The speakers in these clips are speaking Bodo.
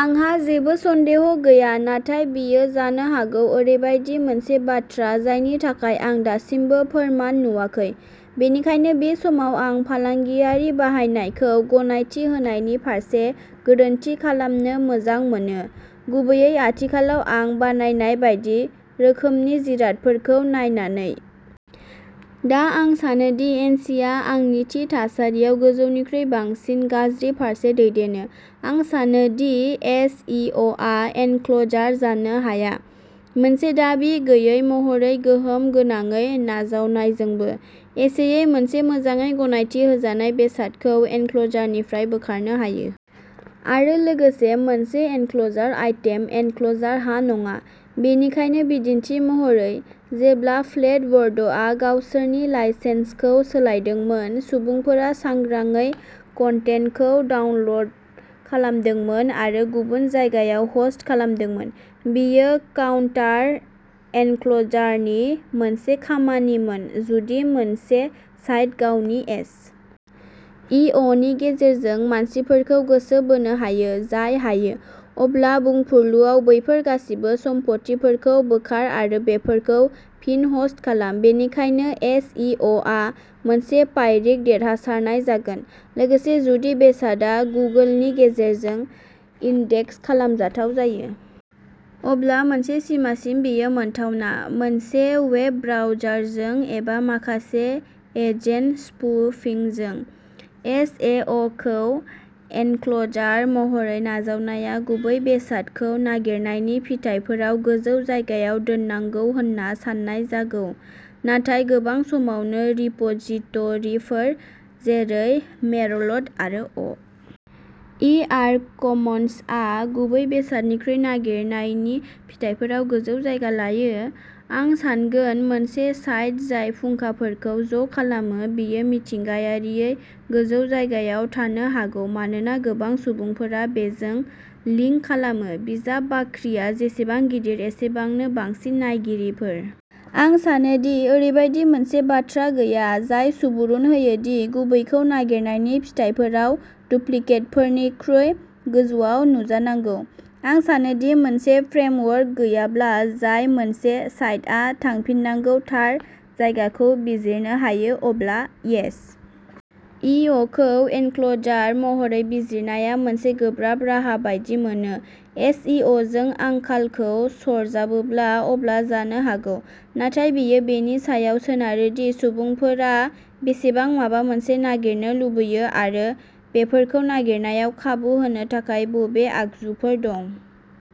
आंहा जेबो सन्देह गैया। नाथाय बेयो जानो हागौ ओरैबायदि मोनसे बाथ्रा जायनि थाखाय आं दासिमबो फोरमान नुवाखै। बेनिखायनो बे समाव आं फालांगियारि बाहायनायखौ गनायथि होनायनि फारसे गोरोन्थि खालामनो मोजां मोनो। गुबैयै आथिखालाव आं बानायनाय बायदि रोखोमनि जिरादफोरखौ नायनानै। दा आं सानो दि एनसिआ आंनि थि थासारियाव गोजौनिख्रुइ बांसिन गाज्रि फारसे दैदेनो। आं सानो दि एस. इ. अ. आ एनक्ल'जार जानो हाया। मोनसे दाबि गैयै महरै गोहोम गोनाङै नाजावनायजोंबो। एसेयै मोनसे मोजाङै गनायथि होजानाय बेसादखौ एनक्ल'जारनिफ्राय बोखारनो हायो। आरो लोगोसे मोनसे एनक्ल'जार आइटेम, एनक्ल'जार हा नङा। बेनिखायनो बिदिन्थि महरै। जेब्ला फ्लेट वर्ल्डआ गावसोरनि लाइसेन्सखौ सोलायदोंमोन सुबुंफोरा सांग्रांयै कन्टेन्टखौ डाउनल'ड खालामदोंमोन आरो गुबुन जायगायाव ह'स्ट खालामदोंमोन। बेयो काउन्टार एनक्ल'जारनि मोनसे खामानिमोन। जुदि मोनसे साइट गावनि एस. इ. अ. नि गेजेरजों मानसिफोरखौ गोसो बोनो हायो। जाय हायो। अब्ला बुंफुरलुआव बैफोर गासिबो सम्फथिफोरखौ बोखार आरो बेफोरखौ फिन ह'स्ट खालाम। बेनिखायनो एस. इ. अ. आ मोनसे पाइरिक देरहासारनाय जागोन। लोगोसे जुदि बेसादआ गुगोलनि गेजेरजों इन्डेक्स खालामजाथाव जायो। अब्ला मोनसे सिमासिम बेयो मोनथावना-मोनसे वेब ब्राउजारजों एबा माखासे एजेन्ट स्पुफिंजों। एस. इ. अ. खौ एनक्ल'जार महरै नाजावनाया गुबै बेसादखौ नागिरनायनि फिथायफोराव गोजौ जायगायाव दोननांगौ होन्ना सान्नाय जागोन। नाथाय गोबां समावनो रिप'जिट'रिफोर जेरै मेरलट आरो अ. इ. आर. कमन्सआ गुबै बेसादनिख्रुइ नागिरनायनि फिथायफोराव गोजौ जायगा लायो? आं सानगोन मोनसे साइट जाय फुंखाफोरखौ ज'खालामो बेयो मिथिंगायारियै गोजौ जायगायाव थानो हागौ मानोना गोबां सुबुंफोरा बेजों लिंक खालामो। बिजाब बाख्रिया जेसेबां गिदिर एसेबांनो बांसिन नायगिरिफोर। आं सानो दि ओरैबायदि मोनसे बाथ्रा गैया जाय सुबुरुन होयो दि गुबैखौ नागिरनायनि फिथायफोराव डुप्लिकेटफोरनिख्रुइ गोजौयाव नुजानांगौ। आं सानो दि मोनसे फ्रेमवर्क गैयाब्ला जाय मोनसे साइटआ थांफिननांगौ थार जायगाखौ बिजिरनो हायो अब्ला एस. इ. अ. खौ एनक्ल'जार महरै बिजिरनाया मोनसे गोब्राब राहा बायदि मोनो। एस. इ. अ. जों आंखालखौ सरजाबोब्ला अब्ला जानो हागौ। नाथाय बेयो बेनि सायाव सोनारो दि सुबुंफोरा बेसेबां माबा मोनसे नागिरनो लुबैयो आरो बेफोरखौ नागिरनायाव खाबु होनो थाखाय बबे आगजुफोर दं।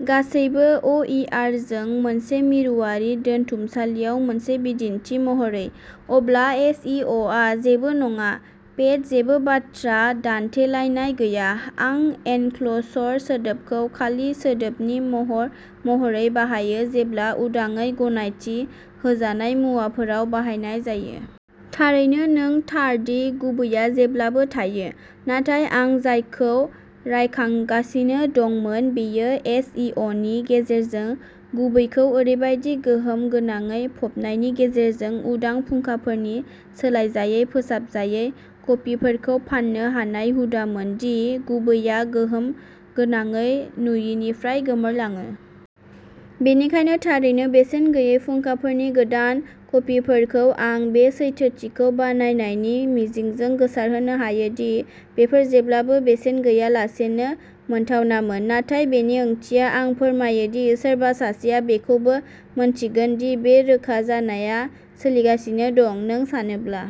गासैबो अ. इ. आर. जों मोनसे मिरुआरि दोनथुमसालियाव मोनसे बिदिन्थि महरै। अब्ला एस. इ. अ. आ जेबो नङा। पेट जेबो बाथ्रा दानथेलायनाय गैया। आं एनक्ल'सर् सोदोबखौ खालि सोदोबनि महर महरै बाहायो जेब्ला उदाङै गनायथि होजानाय मुवाफोराव बाहायनाय जायो। थारैनो नों थार दि गुबैआ जेब्लाबो थायो। नाथाय आं जायखौ रायखांगासिनो दंमोन बेयो एस. इ. अ. नि गेजेरजों गुबैखौ ओरैबायदि गोहोम गोनाङै फबनायनि गेजेरजों उदां फुंखाफोरनि सोलायजायै फोसाबजायै कपिफोरखौ फान्नो हानाय हुदामोन दि गुबैआ गोहोम गोनाङै नुयिनिफ्राय गोमोरलाङो। बेनिखायनो थारैनो बेसेन गैयै फुंखाफोरनि गोदान कपिफोरखौ आं बे सैथोथिखौ बानायनायनि मिजिंजों गोसारहोनो हायो दि बेफोर जेब्लाबो बेसेन गैयालासेनो मोनथावनामोन। नाथाय बेनि ओंथिया आं फोरमायो दि सोरबा सासेआ बेखौबो मिन्थिगोन दि बे रोखा जानाया सोलिगासिनो दं। नों सानोब्ला।